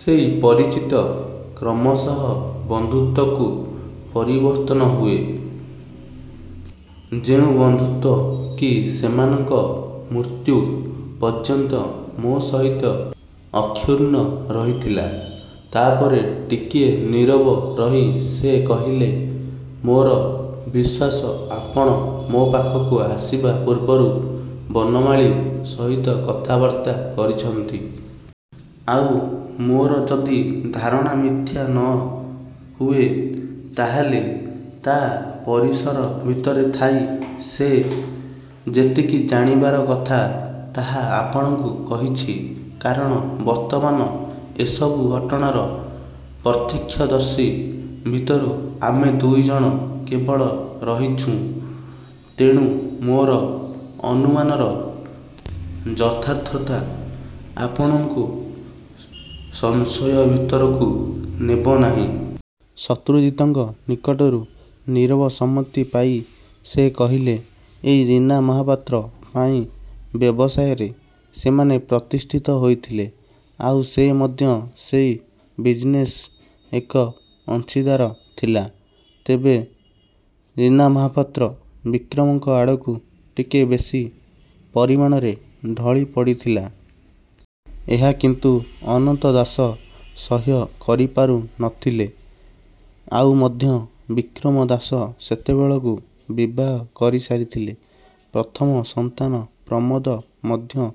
ସେଇ ପରିଚିତ କ୍ରମଶଃ ବନ୍ଧୁତ୍ୱକୁ ପରିବର୍ତ୍ତନ ହୁଏ, ଯେଉଁ ବନ୍ଧୁତ୍ୱ କି ସେମାନଙ୍କ ମୃତ୍ୟୁ ପର୍ଯ୍ୟନ୍ତ ମୋ ସହିତ ଅକ୍ଷୁଣ୍ଣ ରହିଥିଲା। ' ତା'ପରେ ଟିକିଏ ନୀରବ ରହି ସେ କହିଲେ, 'ମୋର ବିଶ୍ୱାସ, ଆପଣ ମୋ ପାଖକୁ ଆସିବା ପୂର୍ବରୁ ବନମାଳୀ ସହିତ କଥାବାର୍ତ୍ତା କରିଛନ୍ତି। ଆଉ ମୋର ଯଦି ଧାରଣା ମିଥ୍ୟା ନ। ହୁଏ, ତାହେଲେ ତା' ପରିସର ଭିତରେ ଥାଇ ସେ ଯେତିକି ଜାଣିବାର କଥା, ତାହା ଆପଣଙ୍କୁ କହିଛି। କାରଣ ବର୍ତ୍ତମାନ ଏ ସବୁ ଘଟଣାର ପ୍ରତ୍ୟକ୍ଷଦର୍ଶୀ ଭିତରୁ ଆମେ ଦୁଇଜଣ କେବଳ ରହିଛୁଁ। ତେଣୁ ମୋର ଅନୁମାନର ଯଥାର୍ଥତା ଆପଣଙ୍କୁ ସଂଶୟ ଭିତରକୁ ନେବ ନାହିଁ। ' ଶତ୍ରୁଜିତଙ୍କ ନିକଟରୁ ନୀରବ ସମ୍ମତି ପାଇ ସେ କହିଲେ, 'ଏଇ ରୀନା ମହାପାତ୍ର ପାଇଁ ବ୍ୟବସାୟରେ ସେମାନେ ପ୍ରତିଷ୍ଠିତ ହୋଇଥିଲେ। ଆଉ ସେ ମଧ୍ୟ ସେଇ ବିଜିନେସ୍ରେ ଏକ ଅଂଶୀଦାର ଥିଲା। ତେବେ ରୀନା ମହାପାତ୍ର ବିକ୍ରମଙ୍କ ଆଡ଼କୁ ଟିକିଏ ବେଶୀ ପରିମାଣରେ ଢଳିପଡ଼ିଥିଲା। ଏହା କିନ୍ତୁ ଅନନ୍ତ ଦାସ ସହ୍ୟ କରିପାରୁ ନ ଥିଲେ। ଆଉ ମଧ୍ୟ ବିକ୍ରମ ଦାସ ସେତେବେଳକୁ ବିବାହ କରିସାରିଥିଲେ। ପ୍ରଥମ ସନ୍ତାନ ପ୍ରମୋଦ ମଧ୍ୟ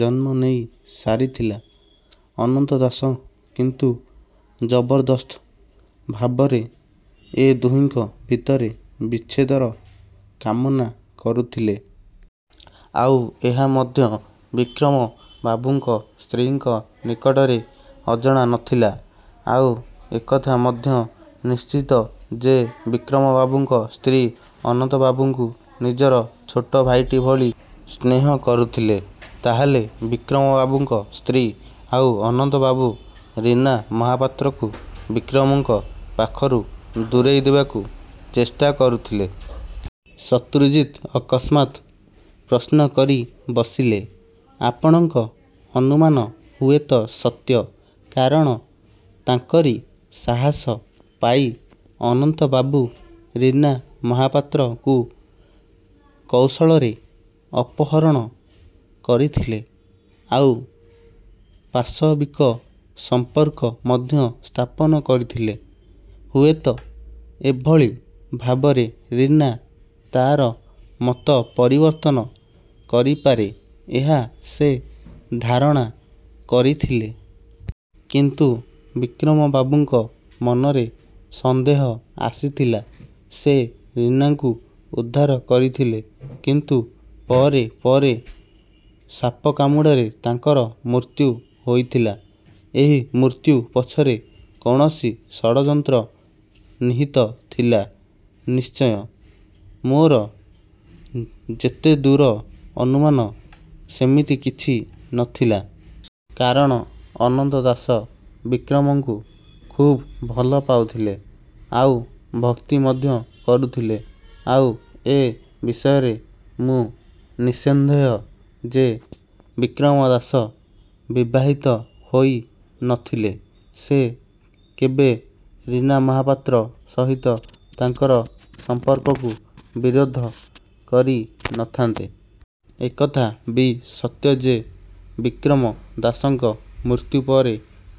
ଜନ୍ମ ନେଇ ସାରିଥିଲା। ଅନନ୍ତ ଦାସ କିନ୍ତୁ ଜବରଦସ୍ତ ଭାବରେ ଏ ଦୁହିଁଙ୍କ ଭିତରେ ବିଚ୍ଛେଦର କାମନା କରୁଥିଲେ। ଆଉ ଏହା ମଧ୍ୟ ବିକ୍ରମ ବାବୁଙ୍କ ସ୍ତ୍ରୀଙ୍କ ନିକଟରେ ଅଜଣା ନ ଥିଲା। ଆଉ ଏକଥା ମଧ୍ୟ ନିଶ୍ଚିତ ଯେ, ବିକ୍ରମବାବୁଙ୍କ ସ୍ତ୍ରୀ ଅନନ୍ତବାବୁଙ୍କୁ ନିଜର ଛୋଟ ଭାଇଟି ଭଳି ସ୍ନେହ କରୁଥିଲେ। ' 'ତା'ହେଲେ ବିକ୍ରମବାବୁଙ୍କ ସ୍ତ୍ରୀ ଆଉ ଅନନ୍ତବାବୁ ରୀନା ମହାପାତ୍ରକୁ ବିକ୍ରମଙ୍କ ପାଖରୁ ଦୂରେଇଦେବାକୁ ଚେଷ୍ଟା କରୁଥିଲେ? ' ଶତ୍ରୁଜିତ୍ ଅକସ୍ମାତ ପ୍ରଶ୍ନ କରି ବସିଲେ। 'ଆପଣଙ୍କ ଅନୁମାନ ହୁଏତ ସତ୍ୟ। କାରଣ ତାଙ୍କରି ସାହସ ପାଇ ଅନନ୍ତବାବୁ ରୀନା ମହାପାତ୍ରକୁ କୌଶଳରେ ଅପହରଣ କରିଥିଲେ, ଆଉ ପାଶବିକ ସଂପର୍କ ମଧ୍ୟ ସ୍ଥାପନ କରିଥିଲେ-। ହୁଏତ ଏହିଭଳି ଭାବରେ ରୀନା ତା'ର ମତ ପରିବର୍ତ୍ତନ କରିପାରେ, ଏହା ସେ ଧାରଣା କରିଥିଲେ। କିନ୍ତୁ ବିକ୍ରମବାବୁଙ୍କ ମନରେ ସନ୍ଦେହ ଆସିଥିଲା। ସେ ରୀନାଙ୍କୁ ଉଦ୍ଧାର କରିଥିଲେ-। କିନ୍ତୁ ପରେ ପରେ ସାପକାମୁଡ଼ାରେ ତାଙ୍କର ମୃତ୍ୟୁ ହୋଇଥିଲା। ' 'ଏହି ମୃତ୍ୟୁ ପଛରେ କୌଣସି ଷଡ଼ଯନ୍ତ୍ର ନିହିତ ଥିଲା ନିଶ୍ଚୟ? ' 'ମୋର ଯେତେଦୂର ଅନୁମାନ, ସେମିତି କିଛି ନ ଥିଲା। କାରଣ ଅନନ୍ତ ଦାସ ବିକ୍ରମଙ୍କୁ ଖୁବ୍ ଭଲ ପାଉଥିଲେ ଆଉ ଭକ୍ତି ମଧ୍ୟ କରୁଥିଲେ। ଆଉ ଏ ବିଷୟରେ ମୁଁ ନିଃସନ୍ଦେହ ଯେ ବିକ୍ରମ ଦାସ ବିବାହିତ ହୋଇ ନ ଥିଲେ ସେ କେବେ ରୀନା ମହାପାତ୍ର ସହିତ ତାଙ୍କର ସମ୍ପର୍କକୁ ବିରୋଧ କରି ନ ଥାନ୍ତେ। 'ଏକଥା ବି ସତ୍ୟ ଯେ, ବିକ୍ରମ ଦାସଙ୍କ ମୃତ୍ୟୁ ପରେ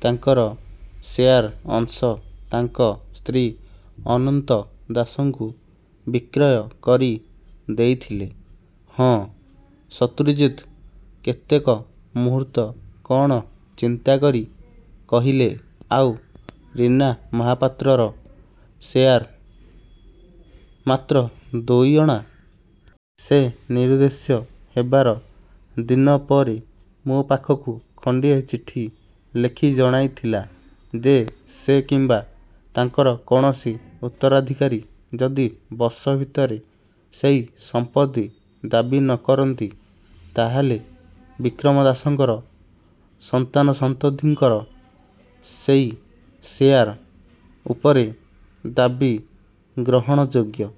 ତାଙ୍କର ସେୟାର ଅଂଶ ତାଙ୍କ ସ୍ତ୍ରୀ ଅନନ୍ତ ଦାସଙ୍କୁ ବିକ୍ରୟ କରି ଦେଇଥିଲେ? ' 'ହଁ। ' ଶତ୍ରୁଜିତ କେତେକ ମୁହୂର୍ତ୍ତ କ'ଣ ଚିନ୍ତା କରି କହିଲେ, 'ଆଉ ରୀନା ମହାପାତ୍ରର ସେୟାର? ' 'ମାତ୍ର ଦୁଇଅଣା। ସେ ନିରୁଦ୍ଦେଶ୍ୟ ହେବାର। ଦିନ ପରେ ମୋ ପାଖକୁ ଖଣ୍ଡିଏ ଚିଠି ଲେଖି ଜଣାଇଥିଲା ଯେ, ସେ କିମ୍ବା ତାଙ୍କର କୌଣସି ଉତ୍ତରାଧିକାରୀ ଯଦି ବର୍ଷ ଭିତରେ ସେଇ ସମ୍ପତ୍ତି ଦାବୀ ନ କରନ୍ତି, ତା'ହେଲେ ବିକ୍ରମ ଦାସଙ୍କର ସନ୍ତାନସନ୍ତତିଙ୍କର ସେଇ ସେୟାର ଉପରେ ଦାବୀ ଗ୍ରହଣଯୋଗ୍ୟ